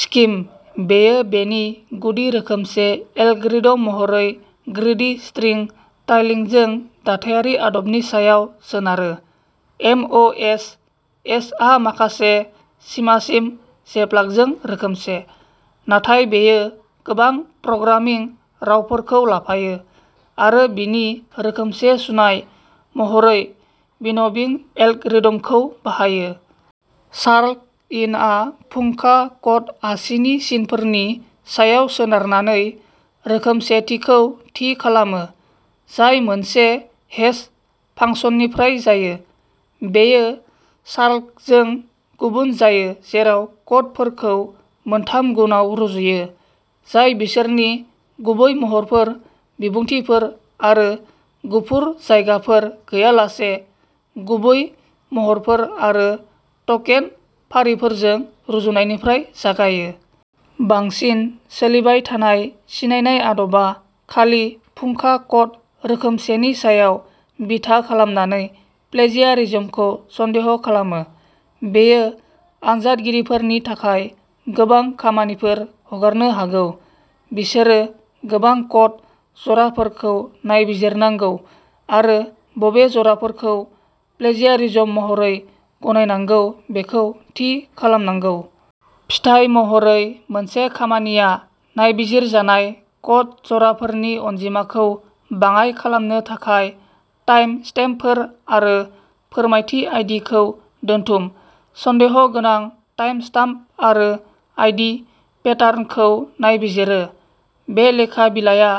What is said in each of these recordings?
Scheme, बेयो बेनि गुदि रोखोमसे एलग्रिद'म महरै ग्रीडी-स्ट्रिं-टाइलिंगजों दाथायारि आदबनि सायाव सोनारो। एम अ एस एसआ माखासे सिमासिम, जेप्लागजों रोखोमसे, नाथाय बेयो गोबां प्रग्रामिं रावफोरखौ लाफायो आरो बिनि रोखोमसे सुनाय महरै विन'विं एलग्रिद'मखौ बाहायो। शार्लक इनआ फुंखा क'ड आसिनि सिनफोरनि सायाव सोनारनानै रोखोमसेथिखौ थि खालामो, जाय मोनसे हेश फांसननिफ्राय जायो। बेयो शार्लकजों गुबुन जायो जेराव क'डफोरखौ मोनथाम गुनआव रुजुयो, जाय बिसोरनि गुबै महरफोर, बिबुंथिफोर आरो गुफुर जायगाफोर गैयालासे गुबै महरफोर आरो टकेन फारिफोरजों रुजुननायनिफ्राय जागायो। बांसिन सोलिबाय थानाय सिनायनाय आदबा खालि फुंखा क'ड रोखोमसेनि सायाव बिथा खालामनानै प्लेजियारिज्मखौ सन्देह खालामो। बेयो आनजादगिरिफोरनि थाखाय गोबां खामानिफोर हगारनो हागौ; बिसोरो गोबां क'ड जराफोरखौ नायबिजिरनांगौ आरो बबे जराफोरखौ प्लेजियारिज्म महरै गनायनांगौ बेखौ थि खालामनांगौ। फिथाय महरै, मोनसे खामानिया नायबिजिरजानाय क'ड जराफोरनि अनजिमाखौ बाङाइ खालामनो थाखाय टाइमस्टेम्पफोर आरो फोरमानथि आइ डि खौ दोनथुम सन्देह' गोनां टाइमस्टाम्प आरो आइ डि पेटार्नखौ नायबिजिरो। बे लेखा बिलाइआ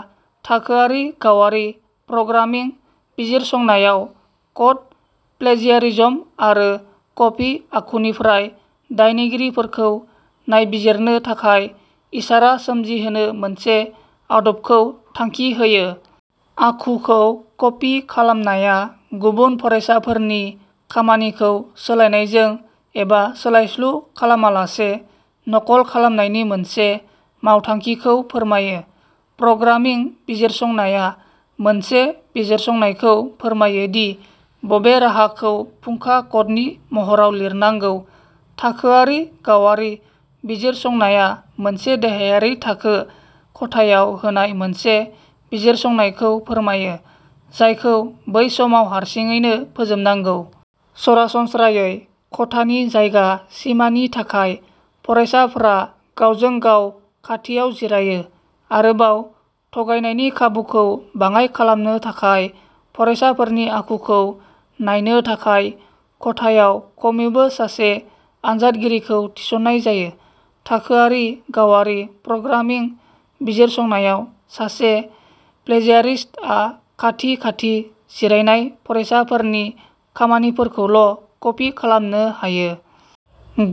थाखोआरि गावारि प्रग्रामिं बिजिरसंनायाव क'ड प्लेजियारिज्म आरो क'पि आखुनिफ्राय दायनिगिरिफोरखौ नायबिजिरनो थाखाय इसारा सोमजिहोनो मोनसे आदबखौ थांखि होयो। आखुखौ क'पि खालामनाया गुबुन फरायसाफोरनि खामानिखौ सोलायनायजों एबा सोलायस्लु खालामालासे नकल खालामनायनि मोनसे मावखान्थिखौ फोरमायो। प्रग्रामिं बिजिरसंनाया मोनसे बिजिरसंनायखौ फोरमायो दि बबे राहाखौ फुंखा क'डनि महराव लिरनांगौ। थाखोआरि गावारि बिजिरसंनाया मोनसे देहायारि थाखो खथायाव होनाय मोनसे बिजिरसंनायखौ फोरमायो, जायखौ बै समाव हारसिङैनो फोजोबनांगौ। सरासनस्रायै, खथानि जायगा सिमानि थाखाय फरायसाफ्रा गावजों-गाव खाथियाव जिरायो। आरोबाव, थगायनायनि खाबुखौ बाङाइ खालामनो थाखाय, फरायसाफोरनि आखुखौ नायनो थाखाय खथायाव खमैबो सासे आनजादगिरिखौ थिसननाय जायो। थाखोआरि गावारि प्रग्रामिं बिजिरसंनायाव, सासे प्लेजियारिस्ट आ खाथि-खाथि जिरायनाय फरायसाफोरनि खामानिफोरखौल' क'पि खालामनो हायो।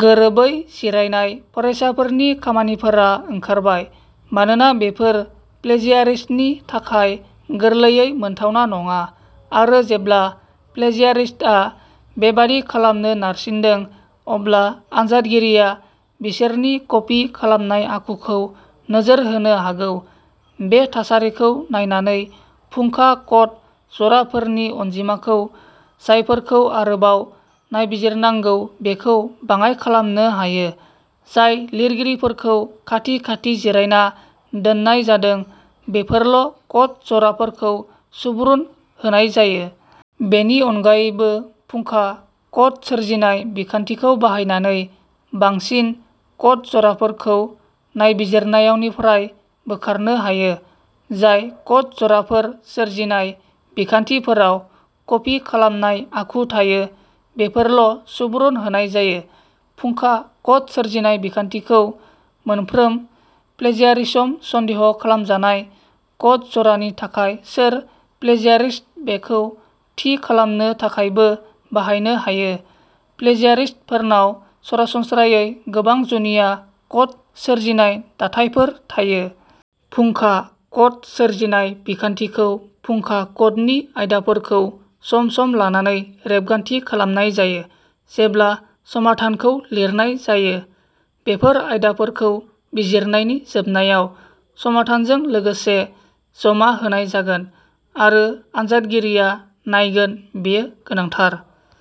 गोरोबै जिरायनाय फरायसाफोरनि खामानिफोरा ओंखारबाय। मानोना बेफोर प्लेजियारिस्तनि थाखाय गोरलैयै मोनथावना नङा आरो जेब्ला प्लेजियारिस्तआ बेबादि खालामनो नारसिनदों, अब्ला आनजादगिरिया बिसोरनि कपि खालामनाय आखुखौ नोजोर होनो हागौ। बे थासारिखौ नायनानै, फुंखा क'ड जराफोरनि अनजिमाखौ जायफोरखौ आरोबाव नायबिजिरनांगौ बेखौ बाङाइ खालामनो हायो; जाय लिरगिरिफोरखौ खाथि-खाथि जिरायना दोननाय जादों बेफोरल' क'ड जराफोरखौ सुबुरुन होनाय जायो। बेनि अनगायैबो, फुंखा क'ड सोरजिनाय बिखान्थिखौ बाहायनानै, बांसिन क'ड जराफोरखौ नायबिजिरनायावनिफ्राय बोखारनो हायो; जाय क'ड जराफोर सोरजिनाय बिखान्थिफोराव कपि खालामनाय आखु थायो बेफोरल'सुबुरुन होनाय जायो। फुंखा क'ड सोरजिनाय बिखान्थिखौ मोनफ्रोम प्लेजियारिस्म सन्देह खालामजानाय क'ड जरानि थाखाय सोर प्लेजियारिस्ट बेखौ थि खालामनो थाखायबो बाहायनो हायो; प्लेजियारिस्टफोरनाव सरासनस्रायै गोबां जुनिया क'ड सोरजिनाय दाथायफोर थायो। फुंखा क'ड सोरजिनाय बिखान्थिखौ फुंखा क'डनि आयदाफोरखौ सम-सम लानानै रेबगान्थि खालामनाय जायो जेब्ला समाधानखौ लिरनाय जायो। बेफोर आयदाफोरखौ बिजिरनायनि जोबनायाव, समाधानजों लोगोसे जमा होनाय जागोन आरो आनजादगिरिआ नायगोन बेयो गोनांथार।